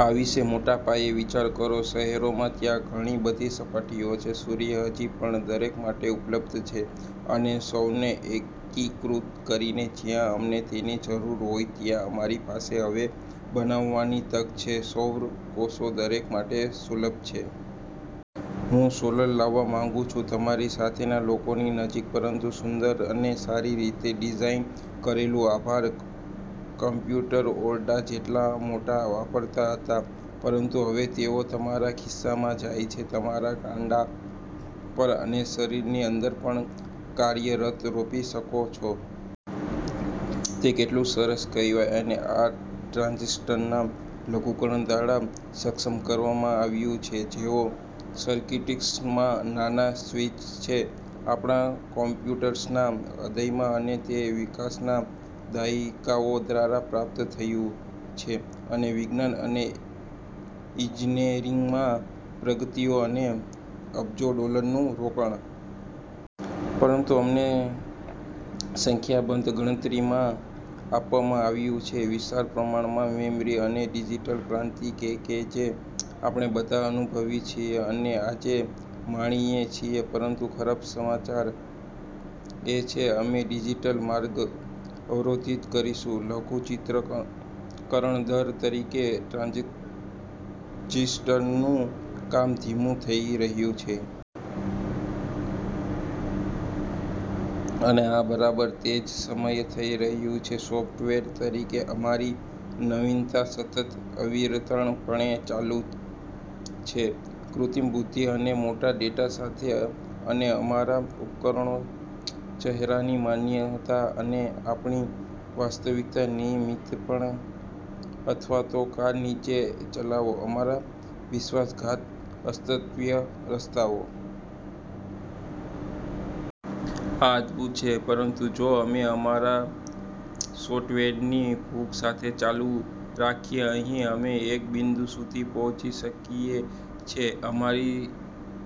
આ વિશે મોટા પાયે વિચાર કરો: શહેરોમાં, ત્યાં ઘણી બધી સપાટીઓ છે. સૂર્ય હજી પણ દરેક માટે ઉપલબ્ધ છે. અને સૌરને એકીકૃત કરીને જ્યાં અમને તેની જરૂર હોય ત્યાં, અમારી પાસે હવે બનાવવાની તક છે સૌર કોષો દરેક માટે સુલભ છે. હું સોલર લાવવા માંગુ છું તમારી સાથેના લોકોની નજીક, પરંતુ સુંદર અને સારી રીતે ડિઝાઇન કરેલું. આભાર. કમ્પ્યુટર ઓરડા જેટલા મોટા વપરાતા હતા. પરંતુ હવે તેઓ તમારા ખિસ્સામાં જાય છે, તમારા કાંડા પર અને શરીરની અંદર પણ કાર્યરત રોપી શકો છો. તે કેટલું સરસ કહેવાય? અને આ ટ્રાન્ઝિસ્ટરના લઘુકરણ દ્વારા સક્ષમ કરવા માંઆવ્યું છે, જેઓ સર્કિટ્સમાં નાના સ્વિચ છે આપણા કમ્પ્યુટર્સના હૃદયમાં. અને તે વિકાસના દાયકાઓ દ્વારા પ્રાપ્ત થયું છે અને વિજ્ઞાન અને ઈજનેરીમાં પ્રગતિઓ અને અબજો ડોલરનું રોકાણ. પરંતુ અમને સંખ્યાબંધ ગણતરીમાં આપવામાં આવ્યું છે, વિશાળ પ્રમાણમાં મેમરી અને ડિજિટલ ક્રાંતિ કે જે આપણે બધા અનુભવીએ છીએ અને આજે માણીએ છીએ. પરંતુ ખરાબ સમાચાર એ છે, અમે ડિજિટલ માર્ગ અવરોધિત કરીશું, લઘુચિત્રકરણ દર તરીકે ટ્રાન્ઝિસ્ટરનું કામ ધીમું થઈ રહ્યું છે. અને આ બરાબર તે જ સમયે થઈ રહ્યું છે સોફ્ટવેર તરીકે અમારી નવીનતા સતત અવિરતપણે ચાલુ છે કૃત્રિમ બુદ્ધિ અને મોટા ડેટા સાથે. અને અમારા ઉપકરણો ચહેરાની માન્યતા અને આપણી વાસ્તવિકતા નિયમિતપણે અથવા તો કાર નીચે ચલાવો અમારા વિશ્વાસઘાત, અસ્તવ્યસ્ત રસ્તાઓ. આ અદભૂત છે. પરંતુ જો અમે અમારા સો્ટવેરની ભૂખ સાથે ચાલુ રાખીએનહીં, અમે એક બિંદુ સુધી પહોંચી શકે છે અમારી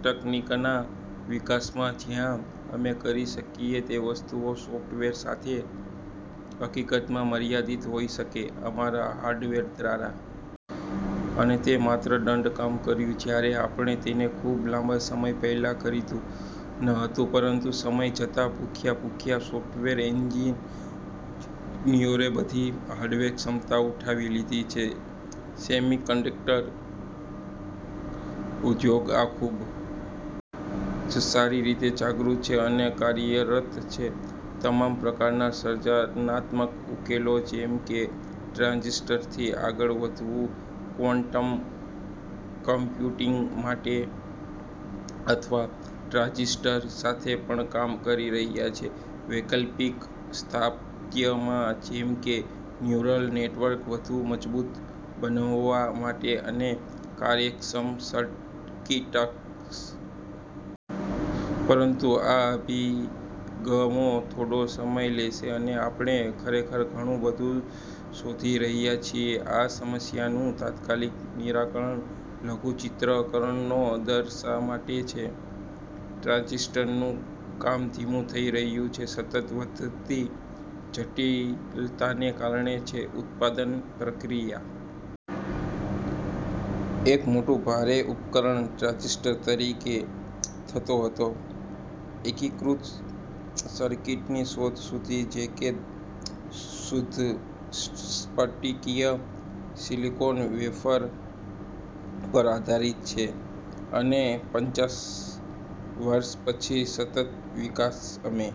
તકનીકીના વિકાસમાં જ્યાં અમે કરી શકીએ તે વસ્તુઓ સોફ્ટવેર સાથે, હકીકતમાં, મર્યાદિત હોઈ શકે અમારા હાર્ડવેર દ્વારા. અને તે માત્ર દંડ કામ કર્યું જ્યારે આપણે તેને ખૂબ લાંબા સમય પહેલા ખરીધું ન હતું, પરંતુ સમય જતાં ભૂખ્યા ભૂખ્યા સોફ્ટવેર એન્જિ નિયરોએ બધી હાર્ડવેર ક્ષમતા ઉઠાવી લીધી છે સેમિકન્ડક્ટર ઉદ્યોગ આ ખૂબ જ સારી રીતે જાગૃત છે અને કાર્યરત છે તમામ પ્રકારના સર્જનાત્મક ઉકેલો, જેમ કે ટ્રાંઝિસ્ટરથી આગળ વધવું ક્વોન્ટમ કમ્પ્યુટિંગ માટે અથવા ટ્રાંઝિસ્ટર સાથે પણ કામ કરી રહ્યા છે વૈકલ્પિક સ્થાપત્યમાં જેમ કે ન્યુરલ નેટવર્ક વધુ મજબૂત બનાવવા માટે અને કાર્યક્ષમ સર્કિટ્સ. પરંતુ આ અભિગમો થોડો સમય લેશે, અને આપણે ખરેખર ઘણું બધુ શોધી રહ્યા છીએ આ સમસ્યાનું તાત્કાલિક નિરાકરણ. લઘુચિત્રકરણનો દર શા માટે છે ટ્રાંઝિસ્ટરનું કામ ધીમું થઈ રહ્યું છે સતત વધતી જટિલતાને કારણે છે ઉત્પાદન પ્રક્રિયા. એક મોટું, ભારે ઉપકરણ ટ્રાંઝિસ્ટર તરીકે થતો હતો એકીકૃત સર્કિટની શોધ સુધી કે જે શુદ્ધ સ્ફટિકીય સિલિકોન વેફર પર આધારિત છે. અને પચાસ વર્ષ પછી સતત વિકાસ, અમે